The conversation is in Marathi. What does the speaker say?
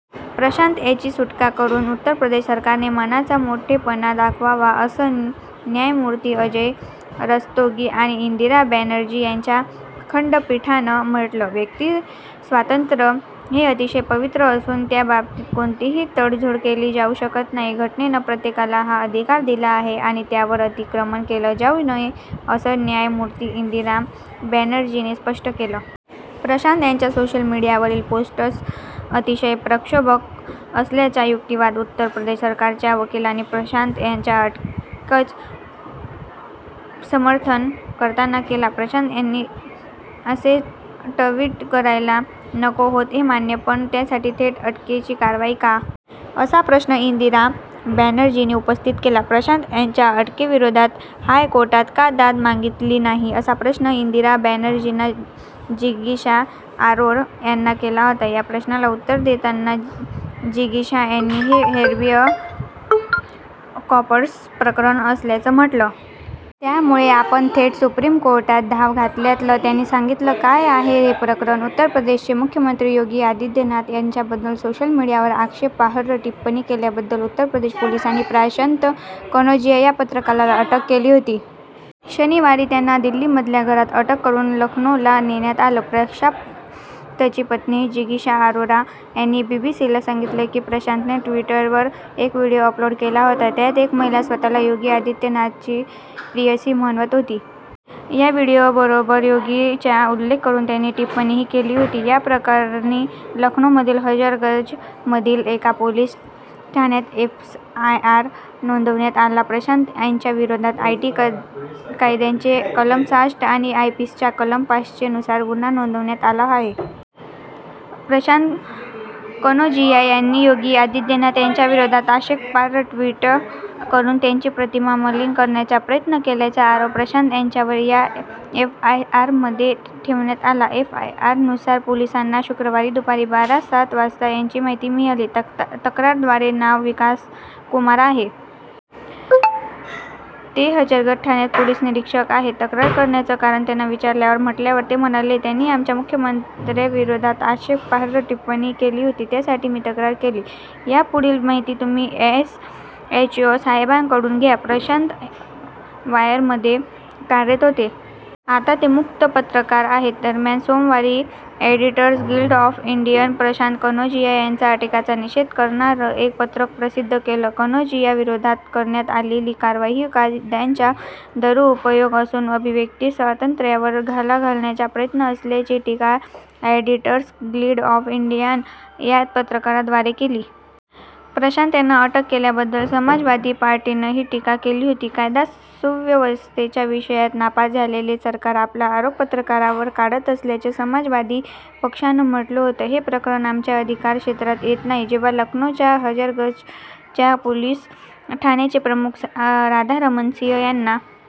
प्रशांत यांची सुटका करून उत्तर प्रदेश सरकारने मनाचा मोठेपणा दाखवावा, असं न्यायमूर्ती अजय रस्तोगी आणि इंदिरा बॅनर्जी यांच्या खंडपीठानं म्हटलं. व्यक्तिस्वातंत्र्य हे अतिशय पवित्र असून त्याबाबतीत कोणतीही तडजोड केली जाऊ शकत नाही. घटनेनं प्रत्येकाला हा अधिकार दिला आहे आणि त्यावर अतिक्रमण केलं जाऊ नये, असं न्यायमूर्ती इंदिरा बॅनर्जींनी स्पष्ट केलं. प्रशांत यांच्या सोशल मीडियावरील पोस्ट्स अतिशय प्रक्षोभक असल्याचा युक्तिवाद उत्तर प्रदेश सरकारच्या वकिलांनी प्रशांत यांच्या अटकेचं समर्थन करताना केला. प्रशांत यांनी असे ट्वीट करायला नको होतं, हे मान्य. पण त्यासाठी थेट अटकेची कारवाई का? असा प्रश्न इंदिरा बॅनर्जींनी उपस्थित केला. प्रशांत यांच्या अटकेविरोधात हायकोर्टात का दाद मागितली नाही, असा प्रश्न इंदिरा बॅनर्जींनी जिगीषा अरोरा यांना केला होता. या प्रश्नाला उत्तर देताना जिगीषा यांनी हे हेबियस कॉपर्सचं प्रकरण असल्याचं म्हटलं. त्यामुळेच आपण थेट सुप्रीम कोर्टात धाव घेतल्याचं त्यांनी सांगितलं. काय आहे हे प्रकरण? उत्तर प्रदेशचे मुख्यमंत्री योगी आदित्यनाथ यांच्याबद्दल सोशल मीडियावर आक्षेपार्ह टिप्पणी केल्याबद्दल उत्तर प्रदेश पोलिसांनी प्रशांत कनौजिया या पत्रकाराला अटक केली होती. शनिवारी त्यांना दिल्लीमधल्या घरात अटक करून लखनौला नेण्यात आलं. प्रशांतची पत्नी जिगीषा अरोरा यांनी बीबीसीला सांगितलं, की प्रशांतने ट्विटरवर एक व्हीडिओ अपलोड केला होता. त्यात एक महिला स्वतःला योगी आदित्यनाथांची प्रेयसी म्हणवत होती. या व्हीडिओबरोबर योगींचा उल्लेख करून त्यांनी टिप्पणीही केली होती. या प्रकरणी लखनौमधील हजरतगंजमधील एका पोलीस ठाण्यात एफआयआर नोंदवण्यात आला. प्रशांत यांच्याविरोधात आयटी कायद्याच्या कलम सहासष्ट आणि आयपीसीच्या कलम पाचशे नुसार गुन्हा नोंदवण्यात आला आहे. प्रशांत कनौजिया यांनी योगी आदित्यनाथ यांच्याविरोधात आक्षेपार्ह ट्वीट करून त्यांची प्रतिमा मलिन करण्याचा प्रयत्न केल्याचा आरोप प्रशांत यांच्यावर या एफआयआरमध्ये ठेवण्यात आला. एफआयआरनुसार, पोलिसांना शुक्रवारी दुपारी बारा .सात वाजता याची माहिती मिळाली. तक्रारद्वारे नाव विकास कुमार आहे. ते हजरतगंज ठाण्यात पोलीस निरीक्षक आहेत. तक्रार करण्याचं कारण त्यांना विचारल्यावर म्हटल्यावर ते म्हणाले त्यांनी आमच्या मुख्यमंत्र्यांविरोधात आक्षेपार्ह टिप्पणी केली होती. त्यासाठी मी तक्रार केली. यापुढील माहिती तुम्ही एसएचओ साहेबांकडून घ्या. प्रशांत द वायरमध्ये कार्यरत होते. आता ते मुक्त पत्रकार आहेत. दरम्यान, सोमवारी एडिटर्स गिल्ड ऑफ इंडियानं प्रशांत कनौजिया यांच्या अटकेचा निषेध करणारं एक पत्रक प्रसिद्ध केलं. कनौजियांविरोधात करण्यात आलेली कारवाई ही कायद्याचा दुरूपयोग असून अभिव्यक्ती स्वातंत्र्यावर घाला घालण्याचा प्रयत्न असल्याची टीका एडिटर्स गिल्ड ऑफ इंडियानं या पत्रकाद्वारे केली. प्रशांत यांना अटक केल्याबद्दल समाजवादी पार्टीनंही टीका केली होती. कायदा सुव्यवस्थेच्या विषयात नापास झालेले सरकार आपला राग पत्रकारांवर काढत असल्याचं समाजवादी पक्षानं म्हटलं होतं. हे प्रकरण आमच्या अधिकार क्षेत्रात येत नाही जेव्हा लखनौच्या हजरतगंजच्या पोलीस ठाण्याचे प्रमुख राधारमण सिंह यांना